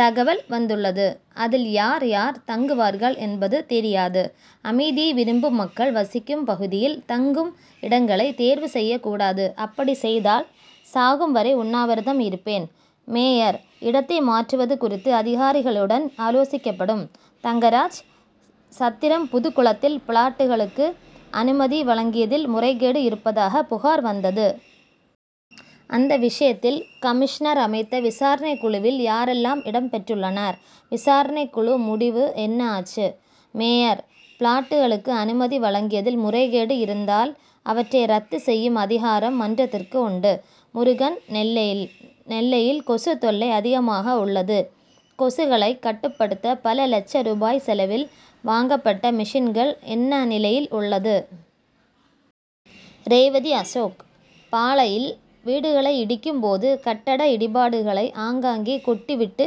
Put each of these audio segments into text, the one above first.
தகவல் வந்துள்ளது. அதில் யார் யார் தங்குவார்கள் என்பது தெரியாது. அமைதியை விரும்பும் மக்கள் வசிக்கும் பகுதியில் தங்கும் இடங்களை தேர்வு செய்யக் கூடாது. அப்படி செய்தால் சாகும் வரை உண்ணாவிரதம் இருப்பேன். மேயர்: இடத்தை மாற்றுவது குறித்து அதிகாரிகளுடன் ஆலோசிக்கப்படும். தங்கராஜ்: சத்திரம் புதுக்குளத்தில் பிளாட்டுகளுக்கு அனுமதி வழங்கியதில் முறைகேடு இருப்பதாக புகார் வந்தது. அந்த விஷயத்தில் கமிஷ்னர் அமைத்த விசாரணைக்குழுவில் யாரெல்லாம் இடம் பெற்றுள்ளனர். விசாரணைக்குழு முடிவு என்ன ஆச்சு. மேயர்: பிளாட்டுகளுக்கு அனுமதி வழங்கியதில் முறைகேடு இருந்தால் அவற்றை ரத்து செய்யும் அதிகாரம் மன்றத்திற்கு உண்டு. முருகன்: நெல்லையில் கொசுத் தொல்லை அதிகமாக உள்ளது. கொசுகளை கட்டுப்படுத்த பல லட்ச ரூபாய் செலவில் வாங்கப்பட்ட மிஷின்கள் என்ன நிலையில் உள்ளது. ரேவதிஅசோக்: பாளை., யில் வீடுகளை இடிக்கும் போது கட்டட இடிபாடுகளை ஆங்காங்கே கொட்டிவிட்டு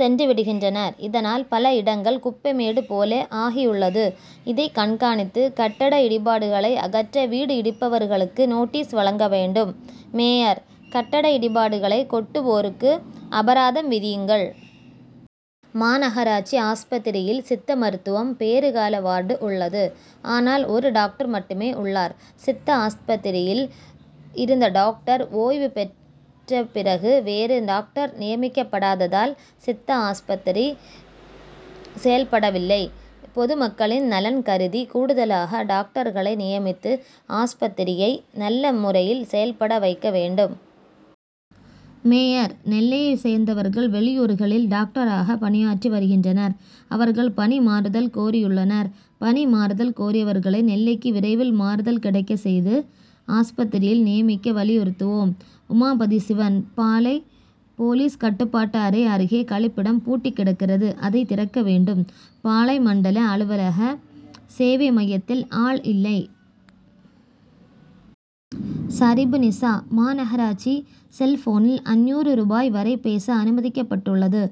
சென்றுவிடுகின்றனர். இதனால் பல இடங்கள் குப்பை மேடு போல ஆகியுள்ளது. இதை கண்காணித்து கட்டட இடிபாடுகளை அகற்ற வீடு இடிப்பவர்களுக்கு நோட்டீஸ் வழங்கவேண்டும். மேயர்: கட்டட இடிபாடுகளை கொட்டுவோருக்கு அபராதம் விதியுங்கள். மாநகராட்சி ஆஸ்பத்திரியில் சித்த மருத்துவம், பேறுகால வார்டு உள்ளது. ஆனால் ஒரு டாக்டர் மட்டுமே உள்ளார். சித்தா ஆஸ்பத்திரியில் இருந்த டாக்டர் ஓய்வு பெற்ற பிறகு வேறு டாக்டர் நியமிக்கப்படாததால் சித்தா ஆஸ்பத்திரி செயல்படவில்லை. பொதுமக்களின் நலன் கருதி கூடுதலாக டாக்டர்களை நியமித்து ஆஸ்பத்திரியை நல்ல முறையில் செயல்படவைக்கவேண்டும். மேயர்: நெல்லையை சேர்ந்தவர்கள் வெளியூர்களில் டாக்டராக பணியாற்றி வருகின்றனர். அவர்கள் பணிமாறுதல் கோரியுள்ளனர். பணிமாறுதல் கோரியவர்களை நெல்லைக்கு விரைவில் மாறுதல் கிடைக்க செய்து ஆஸ்பத்திரியில் நியமிக்க வலியுறுத்துவோம். உமாபதிசிவன்: பாளை., போலீஸ் கட்டுப்பாட்டு அறை அருகே கழிப்பிடம் பூட்டி கிடக்கிறது. அதை திறக்கவேண்டும். பாளை., மண்டல அலுவலக சேவை மையத்தில் ஆள் இல்லை. சரிபுநிஷா: மாநகராட்சி செல்ஃபோனில் ஐந்நூறு ரூபாய் வரை பேச அனுமதிக்கப்பட்டுள்ளது.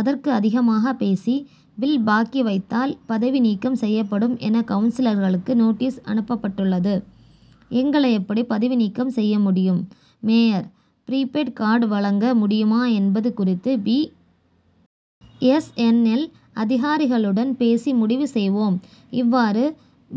அதற்கு அதிகமாக பேசி பில் பாக்கி வைத்தால் பதவி நீக்கம் செய்யப்படும் என கவுன்சிலர்களுக்கு நோட்டீஸ் அனுப்பப்பட்டுள்ளது. எங்களை எப்படி பதவிநீக்கம் செய்யமுடியும். மேயர்: ப்ரிபீடு கார்டு வழங்க முடியுமா என்பது குறித்து பி. எஸ். என். எல். அதிகாரிகளுடன் பேசி முடிவு செய்வோம். இவ்வாறு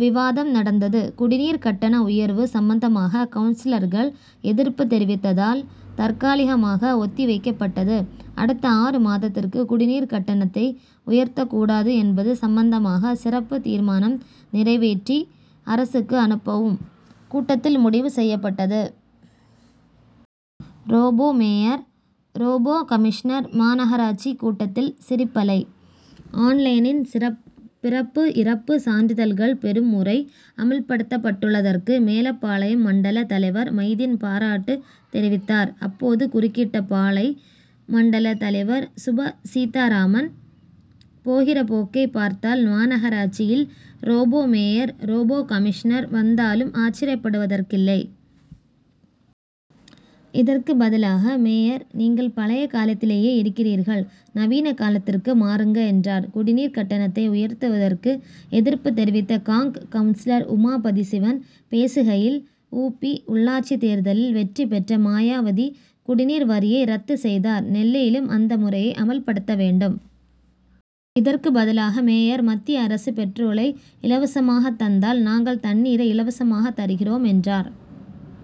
விவாதம் நடந்தது. குடிநீர் கட்டண உயர்வு சம்பந்தமாக கவுன்சிலர்கள் எதிர்ப்பு தெரிவித்ததால் தற்காலிகமாக ஒத்திவைக்கப்பட்டது. அடுத்த ஆறு மாதத்திற்கு குடிநீர் கட்டணத்தை உயர்த்தக் கூடாது என்பது சம்பந்தமாக சிறப்பு தீர்மானம் நிறைவேற்றி அரசுக்கு அனுப்பவும் கூட்டத்தில் முடிவு செய்யப்பட்டது. ரோபோ மேயர்-ரோபோ கமிஷ்னர் மாநகராட்சி கூட்டத்தில் சிரிப்பலை!: ஆன்லைனின் பிறப்பு, இறப்பு சான்றிதழ்கள் பெறும் முறை அமல்படுத்தப்பட்டுள்ளதற்கு மேலப்பாளையம் மண்டல தலைவர் மைதீன் பாராட்டு தெரிவித்தார். அப்போது குறுக்கிட்ட பாளை., மண்டல தலைவர் சுப. சீத்தாராமன், போகிற போக்கை பார்த்தால் மாநகராட்சியில் "ரோபோ மேயர், ரோபோ கமிஷ்னர் வந்தாலும் ஆச்சிர்யபடுவதற்கில்லை. இதற்கு பதிலாக மேயர், "நீங்கள் பழைய காலத்திலேயே இருக்கிறீர்கள். நவீன காலத்திற்கு மாறுங்க என்றார்'. குடிநீர் கட்டணத்தை உயர்த்துவதற்கு எதிர்ப்பு தெரிவித்த காங்., கவுன்சிலர் உமாபதிசிவன் பேசுகையில், "உ. பி உள்ளாட்சி தேர்தலில் வெற்றிபெற்ற மாயாவதி, குடிநீர் வரியை ரத்து செய்தார்'. நெல்லையிலும் அந்த முறையை அமல்படுத்தவேண்டும். இதற்கு பதிலாக மேயர், "மத்திய அரசு பெட்ரோலை இலவசமாக தந்தால், நாங்கள் தண்ணீரை இலவசமாக தருகிறோம் என்றார்'.